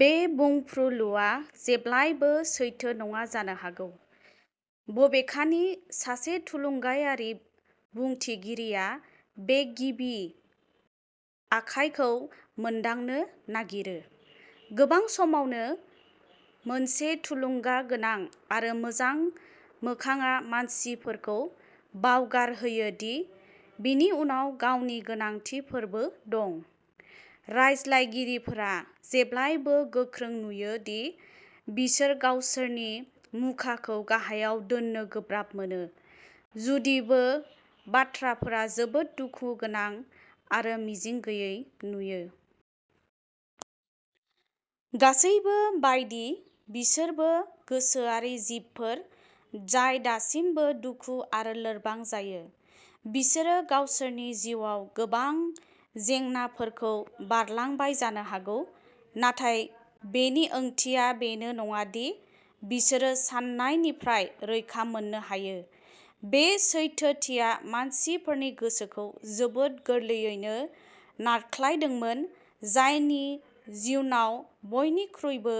"-बे बुंफुरलुआ जेब्लाबो सैथो नङा जानो हागौ। बबेखानि, सासे थुलुंगायारि बुंथिगिरिया बे गिबि आखायखौ मोनदांनो नागिरो। गोबां समावनो, मोनसे थुलुंगागोनां आरो मोजां मोखांआ मानसिफोरखौ बावगारहोयो दि बेनि उनाव गावनि गोनांथिफोरबो दं। रायज्लायगिरिफोरा जेब्लाबो गोख्रों नुयो दि बिसोर गावसोरनि मुखाखौ गाहायाव दोन्नो गोब्राब मोनो, जुदिबो बाथ्राफोरा जोबोद दुखुगोनां आरो मिजिं गैयै नुयो। गासैबो बायदि, बिसोरबो गोसोआरि जिबफोर जाय दासिमबो दुखु आरो लोरबां जायो। बिसोरो गावसोरनि जिउआव गोबां जेंनाफोरखौ बारलांबाय जानो हागौ, नाथाय बेनि ओंथिया बेनो नङा दि बिसोरो सानायनिफ्राय रैखा मोननो हायो। बे सैथोथिया मानसिफोरनि गोसोखौ जोबोद गोरलैयैनो नारख्लायदोंमोन, जायनि जाउनाव बयनिख्रुइबो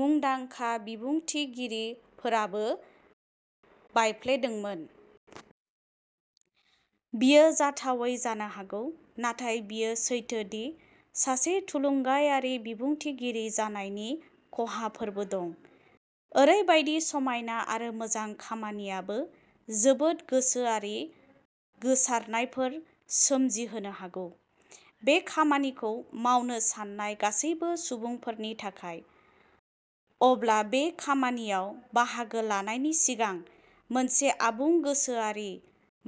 मुंदांखा बिबुंथिगिरिफोराबो बायफ्लेदोंमोन। बेयो जाथावै जानो हागौ नाथाय बेयो सैथो दि सासे थुलुंगायारि बिबुंथिगिरि जानायनि खहाफोरबो दं। ओरैबायदि समायना आरो मोजां खामानियाबो जोबोद गोसोआरि गोसारनायफोर सोमजिहोनो हागौ। बे खामानिखौ मावनो सान्नाय गासैबो सुबुंफोरनि थाखाय, अब्ला बे खामानियाव बाहागो लानायनि सिगां मोनसे आबुं गोसोआरि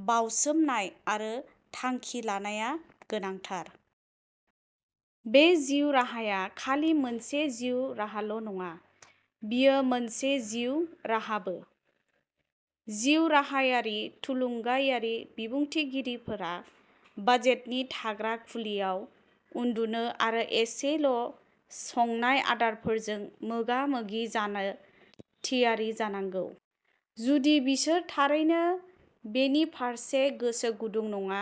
बाउसोमनाय आरो थांखि लानाया गोनांथार। बे जिउ राहाया खालि मोनसे जिउ राहाल'नङा, बेयो मोनसे जिउ राहाबो। जिउराहायारि थुलुंगायारि बिबुंथिगिरिफोरा बाजेटनि थाग्रा खुलियाव उन्दुनो आरो एसेल'संनाय आदारफोरजों मोगा-मोगि जानो थियारि जानांगौ। जुदि बिसोर थारैनो बेनि फारसे गोसो गुदुं नङा,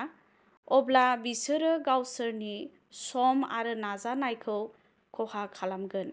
अब्ला बिसोरो गावसोरनि सम आरो नाजानायखौ खहा खालामगोन।